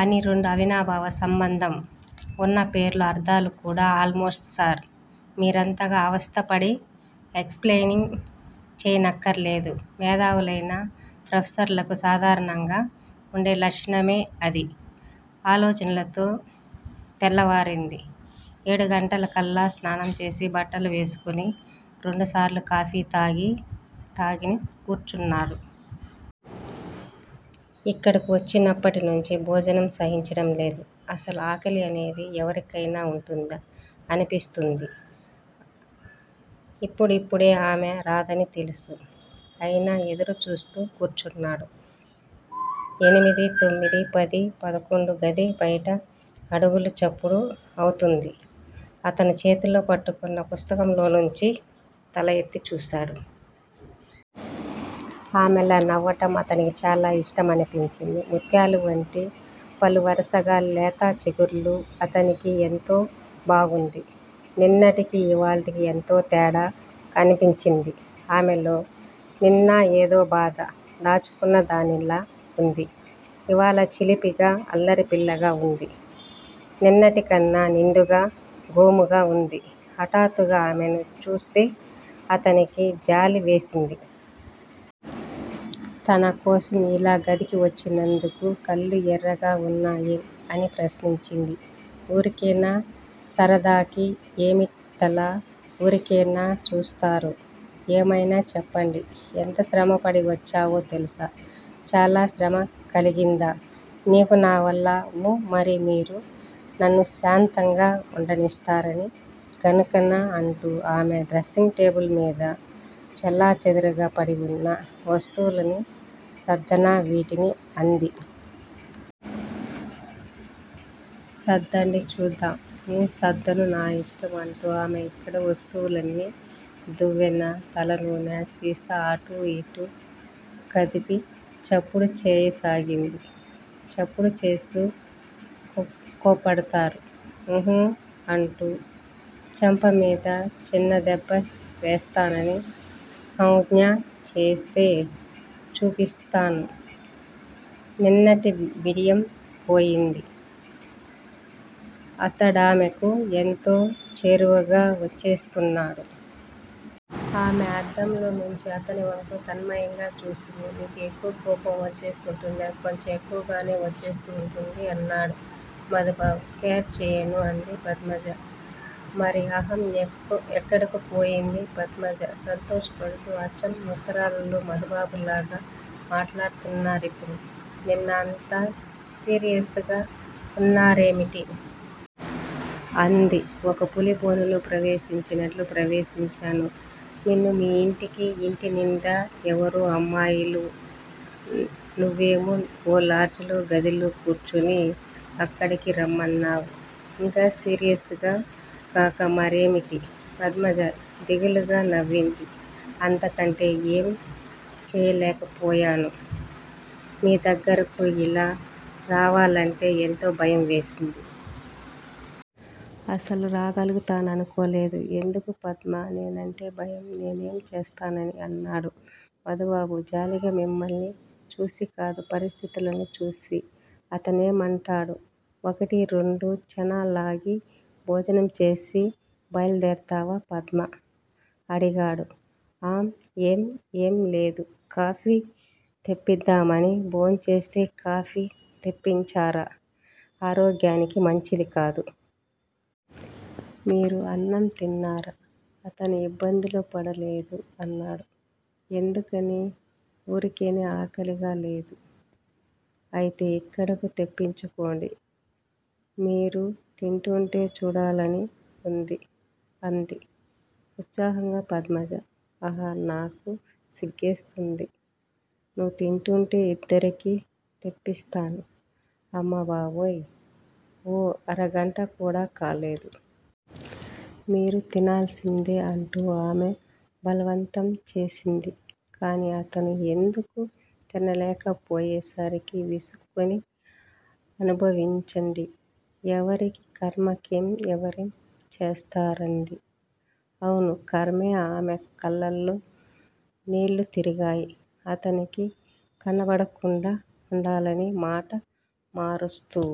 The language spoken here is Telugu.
అని రెండూ అవినాభావ సంబంధం ఉన్న పేర్లు అర్థాలు కూడా ఆల్ మోస్టు సార్ మీరంతగా అవస్థ పడి ఎక్స్‌ప్లెయిన్ చెయ్యనక్కరలేదు. మేధావులైన ప్రొఫెసర్లకు సాధారణంగా ఉండే లక్షణమే అది. ఆలోచనలతో తెల్లవారింది. ఏడుగంటలకల్లా స్నానం చేసి బట్టలు వేసుకొని రెండుసార్లు కాఫీ తాగి తాగే కూర్చున్నాడు. ఇక్కడకు వచ్చినప్పటినుంచీ భోజనం సహించటం లేదు. అసలు ఆకలి అనేది ఎవరికైనా ఉంటుందా అనిపిస్తోంది. ఇప్పుడప్పుడే ఆమె రాదని తెలుసు. అయినా ఎదురుచూస్తూ కూర్చున్నాడు. ఎనిమిది తొమ్మిది పది పదకొండు గది బయట అడుగుల చప్పుడు అవుతోంది. అతను చేతిలో పట్టుకొన్న పుస్తకంలోంచి తల ఎత్తి చూశాడు. ఆమె లా నవ్వటం అతనికి చాలా ఇష్టమనిపించింది. ముత్యాలవంటి పలువరసా లేత చిగుళ్ళూ అతనికి ఎంతో బావుంది. నిన్నటికీ ఇవాల్టికీ ఎంతో తేడా కనిపించింది ఆమెలో. నిన్న ఏదో బాధ దాచుకున్నదానిలా ఉంది. ఇవాళ చిలిపిగా అల్లరిపిల్లలా ఉంది. నిన్నటికన్నా నిండుగా గోముగా ఉంది. హఠాత్తుగా ఆమెని చూస్తే అతనికి జాలివేసింది. తనకోసం ఇలా గదికి వచ్చినందుకు. కళ్ళు ఎర్రగా ఉన్నాయేం? అని ప్రశ్నించింది. ఊరికినే సరదాకి. ఏమిటలా ఊరికినే చూస్తారు? ఏమైనా చెప్పండి. ఎంత శ్రమపడి వచ్చానో తెలుసా? చాలా శ్రమ కలిగిందా నీకు నావల్ల? ఊ. మరి మీరు నన్ను శాంతిగా ఉండనిస్తారని గనుకనా అంటూ ఆమె డ్రెస్సింగ్ టేబిల్ మీద చెల్లాచెదురుగా పడివున్న వస్తువులు సర్దనా వీటిని అంది. సర్దండి చూద్దాం. ఊఁ సర్దను. నా ఇష్టం! అంటూ ఆమె అక్కడ వస్తువులన్నీ దువ్వెన తలనూనె సీసా అటూ ఇటూ కదిపి చప్పుడు చెయ్యసాగింది. చప్పుడు చేస్తే కోప్పడతారా? ఉహుఁ అంటూ చెంపమీద చిన్నదెబ్బ వేస్తానని సౌంజ్ఞ చేసి చూపించాడు. నిన్నటి బిడియం పోయింది. అతడామెకు ఎంతో చేరువగా వచ్చేస్తున్నాడు. ఆమె అద్దంలోంచి అతనివంక తన్మయంగా చూసింది. మీకు ఎక్కువ కోపం వచ్చేస్తూంటుందా? కొంచెం ఎక్కువగానే వచ్చేస్తూ వుంటుంది. అన్నాడు మధుబాబు. కేర్ చెయ్యను అంది పద్మజ. మరి అహం ఎక్కడకు పోతుంది? పద్మజ సంతోషపడుతూ అచ్చం ఉత్తరాల్లో మధుబాబులాగా మాట్లాడుతున్నారిప్పుడు. నిన్న అంత సీరియస్‌గా వున్నారేమిటి? అంది. ఒక పులిబోనులో ప్రవేశించినట్లు ప్రవేశించాను నిన్న మీయింటికి. యింటినిండా ఎవరో అమ్మాయిలు! నువ్వేమో ఓ లార్డ్ లా గదిలో కూర్చుని అక్కడికి రమ్మన్నావు. ఇంక సీరియస్‌గా గాక మరేమిటి? పద్మజ దిగులుగా నవ్వింది. అంతకంటే ఏమీ చేయలేకపోయాను. మీ దగ్గరకు ఇలా రావాలంటే ఎంతో భయంవేసింది. అసలు రాగలుగుతాననుకోలేదు. ఎందుకు పద్మా నేనంటే భయం నేనేం చేస్తానని అన్నాడు మధుబాబు జాలిగా. మిమ్మల్ని చూసికాదు పరిస్థితుల్ని చూసి. అతనేమంటాడు ఒకటి రెండు క్షణాలాగి భోజనం చేసి బయల్దేరావా పద్మా? అనడిగాడు. ఆఁ ఏం? ఏంలేదు. కాఫీ తెప్పిద్దామని. భోంచేస్తే కాఫీ తెప్పించరా? ఆరోగ్యానికి మంచిది కాదు. మీరు అన్నం తిన్నారా? అతను ఇబ్బందిలో పడి లేడు అన్నాడు. ఎందుకనీ? ఊరికినే ఆకలిగా లేదు. అయితే ఇక్కడకు తెప్పించుకోండి. మీరు తింటూంటే చూడాలనివుంది. అంది ఉత్సాహంగా పద్మజ. అహఁ నాకు సిగ్గేస్తుంది. నువ్వు తింట్టుంటే ఇద్దరికీ తెప్పిస్తాను. అమ్మ బాబోయ్! ఓ అరగంటకూడా కాలేదు. మీరు తినాల్సిందే అంటూ ఆమె బలవంతంచేసింది. కాని అతను ఎంతకూ తినకపోయేసరికి విసుక్కుని అనుభవించండి. ఎవరి ఖర్మకెవరేం చేస్తారు అంది. అవును ఖర్మే. ఆమె కళ్ళలో నీళ్ళు తిరిగాయి. అతనికి కనబడకుండా ఉండాలని మాట మారుస్తూ